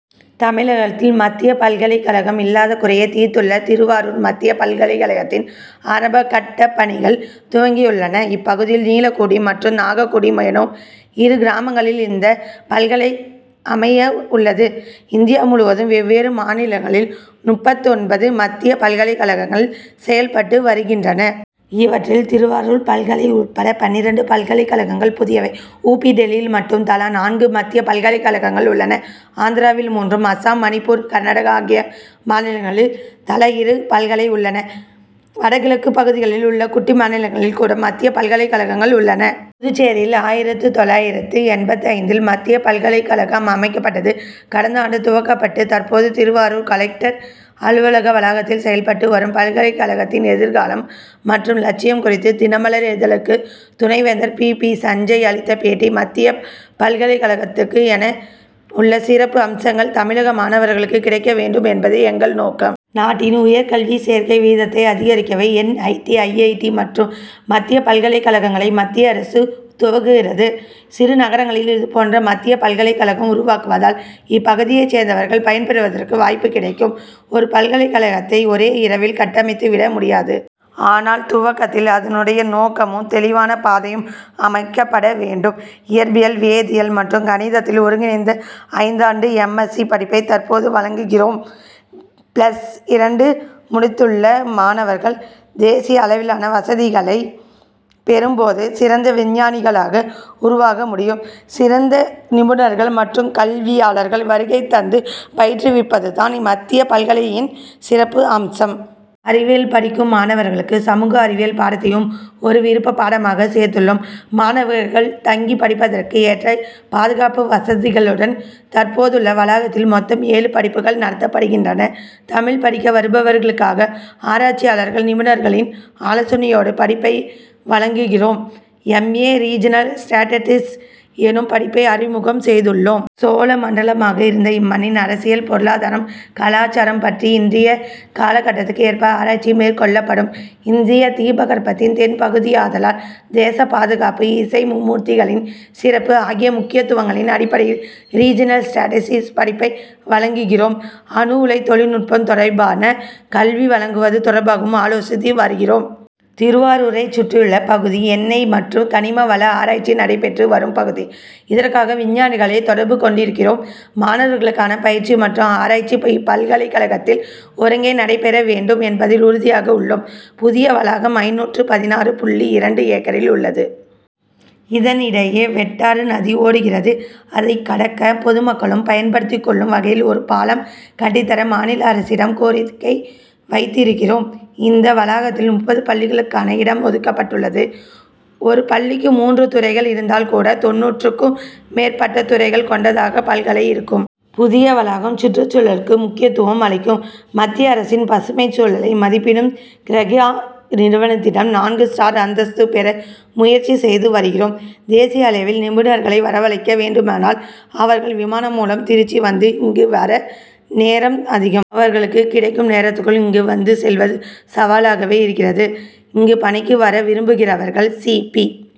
தமிழகத்தில் மத்திய பல்கலைக்கழகம் இல்லாத குறையை தீர்த்துள்ள திருவாரூர் மத்திய பல்கலைக்கழகத்தின் ஆரம்ப கட்டப் பணிகள் துவங்கியுள்ளன. இப்பகுதியில் நீலக்குடி மற்றும் நாகக்குடி எனும் இரு கிராமங்களில் இந்த பல்கலை அமைய உள்ளது. இந்தியா முழுவதும் வெவ்வேறு மாநிலங்களில் முப்பத்தொன்பது மத்திய பல்கலைக்கழகங்கள் செயல்பட்டு வருகின்றன. இவற்றில் திருவாரூர் பல்கலை உள்பட பன்னிரண்டு பல்கலைக்கழகங்கள் புதியவை. உ. பி. டில்லியில் மட்டும் தலா நான்கு மத்திய பல்கலைக்கழகங்கள் உள்ளன. ஆந்திராவில் மூன்றும் அசாம் மணிப்பூர் கர்நாடகா ஆகிய மாநிலங்களில் தலா இரு பல்கலை உள்ளன. வடகிழக்குப் பகுதிகளில் உள்ள குட்டி மாநிலங்களில் கூட மத்திய பல்கலைக்கழகங்கள் உள்ளன. புதுச்சேரியில் ஆயிரத்து தொளாயிரத்து எண்பத்தைந்தில் மத்திய பல்கலைக்கழகம் அமைக்கப்பட்டது. கடந்த ஆண்டு துவக்கப்பட்டு தற்போது திருவாரூர் கலெக்டர் அலுவலக வளாகத்தில் செயல்பட்டு வரும் பல்கலைக்கழகத்தின் எதிர்காலம் மற்றும் லட்சியம் குறித்து தினமலர் இதழுக்கு துணைவேந்தர் பி. பி. சஞ்சய் அளித்த பேட்டி மத்தியப் பல்கலைக்கழகத்துக்கு என உள்ள சிறப்பு அம்சங்கள் தமிழக மாணவர்களுக்குக் கிடைக்க வேண்டும் என்பதே எங்கள் நோக்கம். நாட்டின் உயர்கல்வி சேர்க்கை வீதத்தை அதிகரிக்கவே N. I. T. I. I. T. மற்றும் மத்தியப் பல்கலைக்கழகங்களை மத்திய அரசு துவக்குகிறது. சிறு நகரங்களில் இதுபோன்ற மத்தியப் பல்கலைக்கழகம் உருவாக்குவதால் இப்பகுதியைச் சேர்ந்தவர்கள் பயன் பெறுவதற்கு வாய்ப்பு கிடைக்கும். ஒரு பல்கலைக்கழகத்தை ஒரே இரவில் கட்டமைத்துவிட முடியாது. ஆனால் துவக்கத்தில் அதனுடைய நோக்கமும் தெளிவான பாதையும் அமைக்கப்பட வேண்டும். இயற்பியல் வேதியியல் மற்றும் கணிதத்தில் ஒருங்கிணைந்த ஐந்தாண்டு எம். எஸ்சி. படிப்பை தற்போது வழங்குகிறோம். பிளஸ் இரண்டு முடித்துள்ள மாணவர்கள் தேசிய அளவிலான வசதிகளை பெறும் போது சிறந்த விஞ்ஞானிகளாக உருவாக முடியும். சிறந்த நிபுணர்கள் மற்றும் கல்வியாளர்கள் வருகை தந்து பயிற்றுவிப்பதுதான் மத்திய பல்கலையின் சிறப்பு அம்சம். அறிவியல் படிக்கும் மாணவர்களுக்கு சமூக அறிவியல் பாடத்தையும் ஒரு விருப்பப் பாடமாக சேர்த்துள்ளோம். மாணவர்கள் தங்கி படிப்பதற்கு ஏற்ற பாதுகாப்பு வசதிகளுடன் தற்போதுள்ள வளாகத்தில் மொத்தம் ஏழு படிப்புகள் நடத்தப்படுகின்றன. தமிழ்ப் படிக்க வருபவர்களுக்காக ஆராய்ச்சியாளர்கள் நிபுணர்களின் ஆலோசனையோடு படிப்பை வழங்குகிறோம். எம். ஏ. ரீஜினல் ஸ்டடீஸ் எனும் படிப்பை அறிமுகம் செய்துள்ளோம். சோழ மண்டலமாக இருந்த இம்மண்ணின் அரசியல் பொருளாதாரம் கலாசாரம் பற்றி இன்றைய காலகட்டத்துக்கு ஏற்ப ஆராய்ச்சி மேற்கொள்ளப்படும். இந்திய தீபகற்பத்தின் தென் பகுதியாதலால் தேசப் பாதுகாப்பு இசை மும் மூர்த்திகளின் சிறப்பு ஆகிய முக்கியத்துவங்களின் அடிப்படையில் ரீஜினல் ஸ்டடீஸ் படிப்பை வழங்குகிறோம். அணு உலை தொழில்நுட்பம் தொடர்பான கல்வி வழங்குவது தொடர்பாகவும் ஆலோசித்து வருகிறோம். திருவாரூரைச் சுற்றியுள்ள பகுதி எண்ணெய் மற்றும் கனிம வள ஆராய்ச்சி நடைபெற்று வரும் பகுதி. இதற்காக விஞ்ஞானிகளை தொடர்பு கொண்டிருக்கிறோம். மாணவர்களுக்கான பயிற்சி மற்றும் ஆராய்ச்சி இப்பல்கலைக்கழகத்தில் ஒருங்கே நடைபெற வேண்டும் என்பதில் உறுதியாக உள்ளோம். புதிய வளாகம் ஐநூற்று பதினாறு புள்ளி இரண்டு ஏக்கரில் உள்ளது. இதன் இடையே வெட்டாறு நதி ஓடுகிறது. அதைக்கடக்க பொதுமக்களும் பயன்படுத்திக் கொள்ளும் வகையில் ஒரு பாலம் கட்டித்தர மாநில அரசிடம் கோரிக்கை வைத்திருக்கிறோம். இந்த வளாகத்தில் முப்பது பள்ளிகளுக்கான இடம் ஒதுக்கப்பட்டுள்ளது. ஒரு பள்ளிக்கு மூன்று துறைகள் இருந்தால் கூட தொண்ணூறுக்கும் மேற்பட்ட துறைகள் கொண்டதாக பல்கலை இருக்கும். புதிய வளாகம் சுற்றுச்சூழலுக்கு முக்கியத்துவம் அளிக்கும். மத்திய அரசின் பசுமைச் சூழலை மதிப்பிடும் கிரிஹா நிறுவனத்திடம் நான்கு ஸ்டார் அந்தஸ்து பெற முயற்சி செய்து வருகிறோம். தேசிய அளவில் நிபுணர்களை வரவழைக்க வேண்டுமானால் அவர்கள் விமானம் மூலம் திருச்சி வந்து இங்கு வர நேரம் அதிகம். அவர்களுக்கு கிடைக்கும் நேரத்துக்குள் இங்கு வந்து செல்வது சவாலாகவே இருக்கிறது. இங்கு பணிக்கு வரவிரும்புகிறவர்கள் சி. பி.